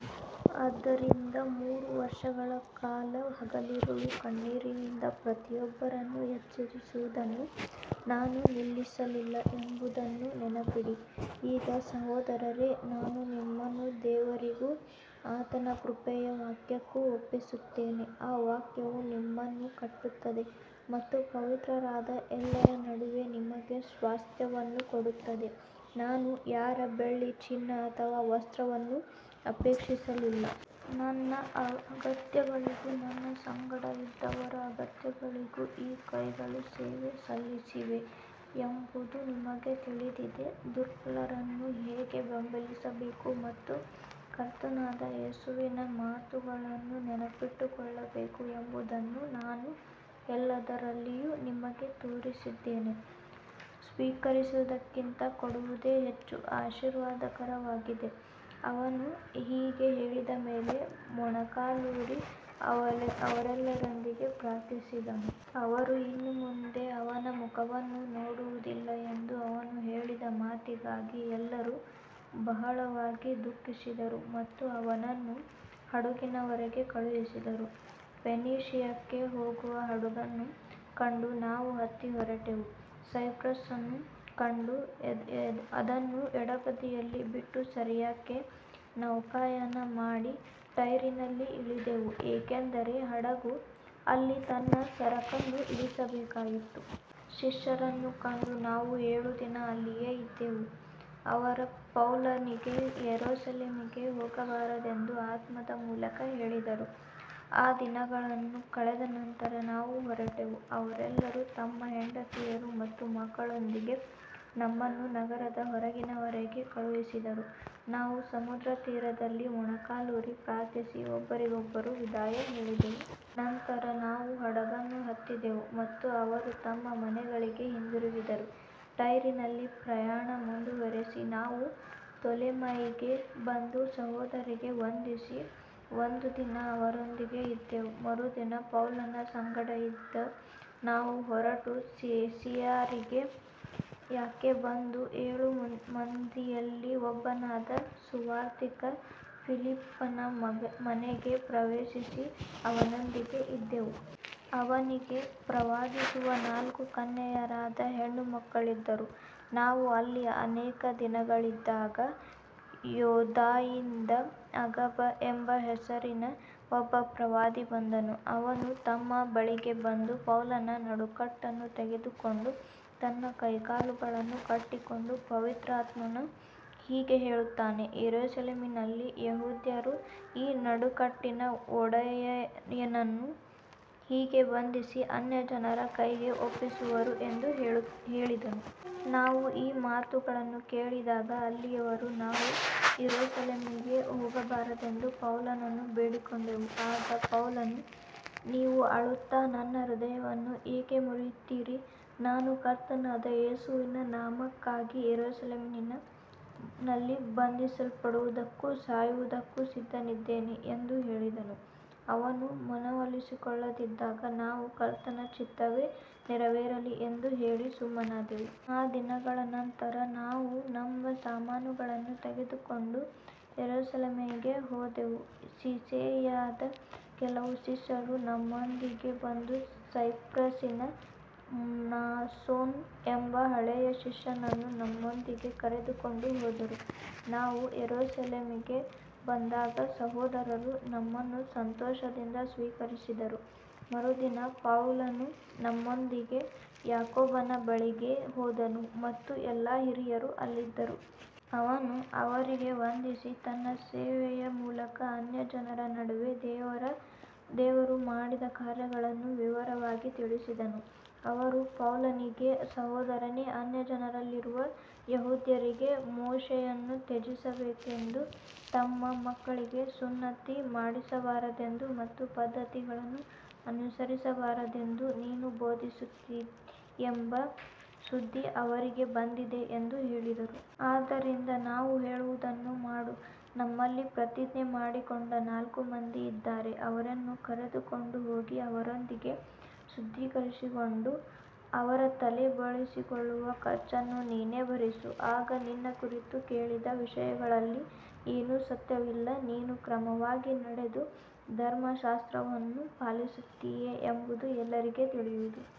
ಆದ್ದರಿಂದ ಮೂರು ವರ್ಷಗಳ ಕಾಲ ಹಗಲಿರುಳು ಕಣ್ಣೀರಿನಿಂದ ಪ್ರತಿಯೊಬ್ಬರನ್ನೂ ಎಚ್ಚರಿಸುವುದನ್ನು ನಾನು ನಿಲ್ಲಿಸಲಿಲ್ಲ ಎಂಬುದನ್ನು ನೆನಪಿಡಿ. ಈಗ ಸಹೋದರರೇ, ನಾನು ನಿಮ್ಮನ್ನು ದೇವರಿಗೂ ಆತನ ಕೃಪೆಯ ವಾಕ್ಯಕ್ಕೂ ಒಪ್ಪಿಸುತ್ತೇನೆ. ಆ ವಾಕ್ಯವು ನಿಮ್ಮನ್ನು ಕಟ್ಟುತ್ತದೆ ಮತ್ತು ಪವಿತ್ರರಾದ ಎಲ್ಲರ ನಡುವೆ ನಿಮಗೆ ಸ್ವಾಸ್ತ್ಯವನ್ನು ಕೊಡುತ್ತದೆ. ನಾನು ಯಾರ ಬೆಳ್ಳಿ, ಚಿನ್ನ ಅಥವಾ ವಸ್ತ್ರವನ್ನೂ ಅಪೇಕ್ಷಿಸಲಿಲ್ಲ. ನನ್ನ ಅಗತ್ಯಗಳಿಗೂ ನನ್ನ ಸಂಗಡ ಇದ್ದವರ ಅಗತ್ಯಗಳಿಗೂ ಈ ಕೈಗಳು ಸೇವೆ ಸಲ್ಲಿಸಿವೆ ಎಂಬುದು ನಿಮಗೆ ತಿಳಿದಿದೆ. ದುರ್ಬಲರನ್ನು ಹೇಗೆ ಬೆಂಬಲಿಸಬೇಕು ಮತ್ತು ಕರ್ತನಾದ ಯೇಸುವಿನ ಮಾತುಗಳನ್ನು ನೆನಪಿಟ್ಟುಕೊಳ್ಳಬೇಕು ಎಂಬುದನ್ನು ನಾನು ಎಲ್ಲದರಲ್ಲಿಯೂ ನಿಮಗೆ ತೋರಿಸಿದ್ದೇನೆ. ಸ್ವೀಕರಿಸುವುದಕ್ಕಿಂತ ಕೊಡುವುದೇ ಹೆಚ್ಚು ಆಶೀರ್ವಾದಕರವಾಗಿದೆ. ಅವನು ಹೀಗೆ ಹೇಳಿದ ಮೇಲೆ ಮೊಣಕಾಲೂರಿ ಅವರೆಲ್ಲರೊಂದಿಗೆ ಪ್ರಾರ್ಥಿಸಿದನು. ಅವರು ಇನ್ನು ಮುಂದೆ ಅವನ ಮುಖವನ್ನು ನೋಡುವುದಿಲ್ಲ ಎಂದು ಅವನು ಹೇಳಿದ ಮಾತಿಗಾಗಿ ಎಲ್ಲರೂ ಬಹಳವಾಗಿ ದುಃಖಿಸಿದರು ಮತ್ತು ಅವನನ್ನು ಹಡಗಿನವರೆಗೆ ಕಳುಹಿಸಿದರು. ಫೆನೀಷಿಯಕ್ಕೆ ಹೋಗುವ ಹಡಗನ್ನು ಕಂಡು ನಾವು ಹತ್ತಿ ಹೊರಟೆವು. ಸೈಪ್ರಸನ್ನು ಕಂಡು ಅದನ್ನು ಎಡಬದಿಯಲ್ಲಿ ಬಿಟ್ಟು ಸಿರಿಯಾಕ್ಕೆ ನೌಕಾಯಾನ ಮಾಡಿ ಟೈರಿನಲ್ಲಿ ಇಳಿದೆವು, ಏಕೆಂದರೆ ಹಡಗು ಅಲ್ಲಿ ತನ್ನ ಸರಕನ್ನು ಇಳಿಸಬೇಕಾಗಿತ್ತು. ಶಿಷ್ಯರನ್ನು ಕಂಡು ನಾವು ಏಳು ದಿನ ಅಲ್ಲಿಯೇ ಇದ್ದೆವು. ಅವರು ಪೌಲನಿಗೆ ಯೆರೂಸಲೇಮಿಗೆ ಹೋಗಬಾರದೆಂದು ಆತ್ಮದ ಮೂಲಕ ಹೇಳಿದರು. ಆ ದಿನಗಳನ್ನು ಕಳೆದ ನಂತರ ನಾವು ಹೊರಟೆವು. ಅವರೆಲ್ಲರೂ ತಮ್ಮ ಹೆಂಡತಿಯರು ಮತ್ತು ಮಕ್ಕಳೊಂದಿಗೆ ನಮ್ಮನ್ನು ನಗರದ ಹೊರಗಿನವರೆಗೆ ಕಳುಹಿಸಿದರು. ನಾವು ಸಮುದ್ರತೀರದಲ್ಲಿ ಮೊಣಕಾಲೂರಿ ಪ್ರಾರ್ಥಿಸಿ ಒಬ್ಬರಿಗೊಬ್ಬರು ವಿದಾಯ ಹೇಳಿದೆವು. ನಂತರ ನಾವು ಹಡಗನ್ನು ಹತ್ತಿದೆವು ಮತ್ತು ಅವರು ತಮ್ಮ ಮನೆಗಳಿಗೆ ಹಿಂದಿರುಗಿದರು. ಟೈರಿನಿಂದ ಪ್ರಯಾಣ ಮುಂದುವರಿಸಿ ನಾವು ತೊಲೆಮಾಯಿಗೆ ಬಂದು ಸಹೋದರರಿಗೆ ವಂದಿಸಿ ಒಂದು ದಿನ ಅವರೊಂದಿಗೆ ಇದ್ದೆವು. ಮರುದಿನ ಪೌಲನ ಸಂಗಡ ಇದ್ದ ನಾವು ಹೊರಟು ಸಿಸೇರಿಯಾಕ್ಕೆ ಬಂದು ಏಳು ಮಂದಿಯಲ್ಲಿ ಒಬ್ಬನಾದ ಸುವಾರ್ತಿಕ ಫಿಲಿಪ್ಪನ ಮನೆಗೆ ಪ್ರವೇಶಿಸಿ ಅವನೊಂದಿಗೆ ಇದ್ದೆವು. ಅವನಿಗೆ ಪ್ರವಾದಿಸುವ ನಾಲ್ಕು ಕನ್ಯೆಯರಾದ ಹೆಣ್ಣುಮಕ್ಕಳಿದ್ದರು. ನಾವು ಅಲ್ಲಿ ಅನೇಕ ದಿನಗಳಿದ್ದಾಗ ಯೂದಾಯದಿಂದ ಅಗಬ ಎಂಬ ಹೆಸರಿನ ಒಬ್ಬ ಪ್ರವಾದಿ ಬಂದನು. ಅವನು ನಮ್ಮ ಬಳಿಗೆ ಬಂದು ಪೌಲನ ನಡುಕಟ್ಟನ್ನು ತೆಗೆದುಕೊಂಡು ತನ್ನ ಕೈಕಾಲುಗಳನ್ನು ಕಟ್ಟಿಕೊಂಡು, ಪವಿತ್ರಾತ್ಮನು ಹೀಗೆ ಹೇಳುತ್ತಾನೆ, ಯೆರೂಸಲೇಮಿನಲ್ಲಿ ಯೆಹೂದ್ಯರು ಈ ನಡುಕಟ್ಟಿನ ಒಡೆಯನನ್ನು ಹೀಗೆ ಬಂಧಿಸಿ ಅನ್ಯಜನರ ಕೈಗೆ ಒಪ್ಪಿಸುವರು ಎಂದು ಹೇಳಿದನು. ನಾವು ಈ ಮಾತುಗಳನ್ನು ಕೇಳಿದಾಗ ಅಲ್ಲಿಯವರೂ ನಾವೂ ಯೆರೂಸಲೇಮಿಗೆ ಹೋಗಬಾರದೆಂದು ಪೌಲನನ್ನು ಬೇಡಿಕೊಂಡೆವು. ಆಗ ಪೌಲನು, ನೀವು ಅಳುತ್ತಾ ನನ್ನ ಹೃದಯವನ್ನು ಏಕೆ ಮುರಿಯುತ್ತೀರಿ, ನಾನು ಕರ್ತನಾದ ಯೇಸುವಿನ ನಾಮಕ್ಕಾಗಿ ಯೆರೂಸಲೇಮಿನಲ್ಲಿ ಬಂಧಿಸಲ್ಪಡುವುದಕ್ಕೂ ಸಾಯುವುದಕ್ಕೂ ಸಿದ್ಧನಿದ್ದೇನೆ ಎಂದು ಹೇಳಿದನು. ಅವನು ಮನವೊಲಿಸಿಕೊಳ್ಳದಿದ್ದಾಗ ನಾವು, ಕರ್ತನ ಚಿತ್ತವೇ ನೆರವೇರಲಿ ಎಂದು ಹೇಳಿ ಸುಮ್ಮನಾದೆವು. ಆ ದಿನಗಳ ನಂತರ ನಾವು ನಮ್ಮ ಸಾಮಾನುಗಳನ್ನು ತೆಗೆದುಕೊಂಡು ಯೆರೂಸಲೇಮಿಗೆ ಹೋದೆವು. ಸಿಸೇರಿಯಾದ ಕೆಲವು ಶಿಷ್ಯರೂ ನಮ್ಮೊಂದಿಗೆ ಬಂದು ಸೈಪ್ರಸಿನ ಮ್ನಾಸೋನ ಎಂಬ ಹಳೆಯ ಶಿಷ್ಯನನ್ನು ನಮ್ಮೊಂದಿಗೆ ಕರೆದುಕೊಂಡು ಹೋದರು. ನಾವು ಯೆರೂಸಲೇಮಿಗೆ ಬಂದಾಗ ಸಹೋದರರು ನಮ್ಮನ್ನು ಸಂತೋಷದಿಂದ ಸ್ವೀಕರಿಸಿದರು. ಮರುದಿನ ಪೌಲನು ನಮ್ಮೊಂದಿಗೆ ಯಾಕೋಬನ ಬಳಿಗೆ ಹೋದನು ಮತ್ತು ಎಲ್ಲಾ ಹಿರಿಯರೂ ಅಲ್ಲಿದ್ದರು. ಅವನು ಅವರಿಗೆ ವಂದಿಸಿ, ತನ್ನ ಸೇವೆಯ ಮೂಲಕ ಅನ್ಯಜನರ ನಡುವೆ ದೇವರು ಮಾಡಿದ ಕಾರ್ಯಗಳನ್ನು ವಿವರವಾಗಿ ತಿಳಿಸಿದನು. ಅವರು ಪೌಲನಿಗೆ, ಸಹೋದರನೇ, ಅನ್ಯಜನರಲ್ಲಿರುವ ಯೆಹೂದ್ಯರಿಗೆ ಮೋಶೆಯನ್ನು ತ್ಯಜಿಸಬೇಕೆಂದು, ತಮ್ಮ ಮಕ್ಕಳಿಗೆ ಸುನ್ನತಿ ಮಾಡಿಸಬಾರದೆಂದು ಮತ್ತು ಪದ್ಧತಿಗಳನ್ನು ಅನುಸರಿಸಬಾರದೆಂದು ನೀನು ಬೋಧಿಸುತ್ತೀಯೆಂಬ ಸುದ್ದಿ ಅವರಿಗೆ ಬಂದಿದೆ ಎಂದು ಹೇಳಿದರು. ಆದ್ದರಿಂದ ನಾವು ಹೇಳುವುದನ್ನು ಮಾಡು. ನಮ್ಮಲ್ಲಿ ಪ್ರತಿಜ್ಞೆ ಮಾಡಿಕೊಂಡ ನಾಲ್ಕು ಮಂದಿ ಇದ್ದಾರೆ. ಅವರನ್ನು ಕರೆದುಕೊಂಡು ಹೋಗಿ ಅವರೊಂದಿಗೆ ಶುದ್ಧೀಕರಿಸಿಕೊಂಡು ಅವರ ತಲೆ ಬೋಳಿಸಿಕೊಳ್ಳುವ ಖರ್ಚನ್ನು ನೀನೇ ಭರಿಸು. ಆಗ ನಿನ್ನ ಕುರಿತು ಕೇಳಿದ ವಿಷಯಗಳಲ್ಲಿ ಏನೂ ಸತ್ಯವಿಲ್ಲ, ನೀನೂ ಕ್ರಮವಾಗಿ ನಡೆದು ಧರ್ಮಶಾಸ್ತ್ರವನ್ನು ಪಾಲಿಸುತ್ತೀಯೆ ಎಂಬುದು ಎಲ್ಲರಿಗೂ ತಿಳಿಯುವುದು.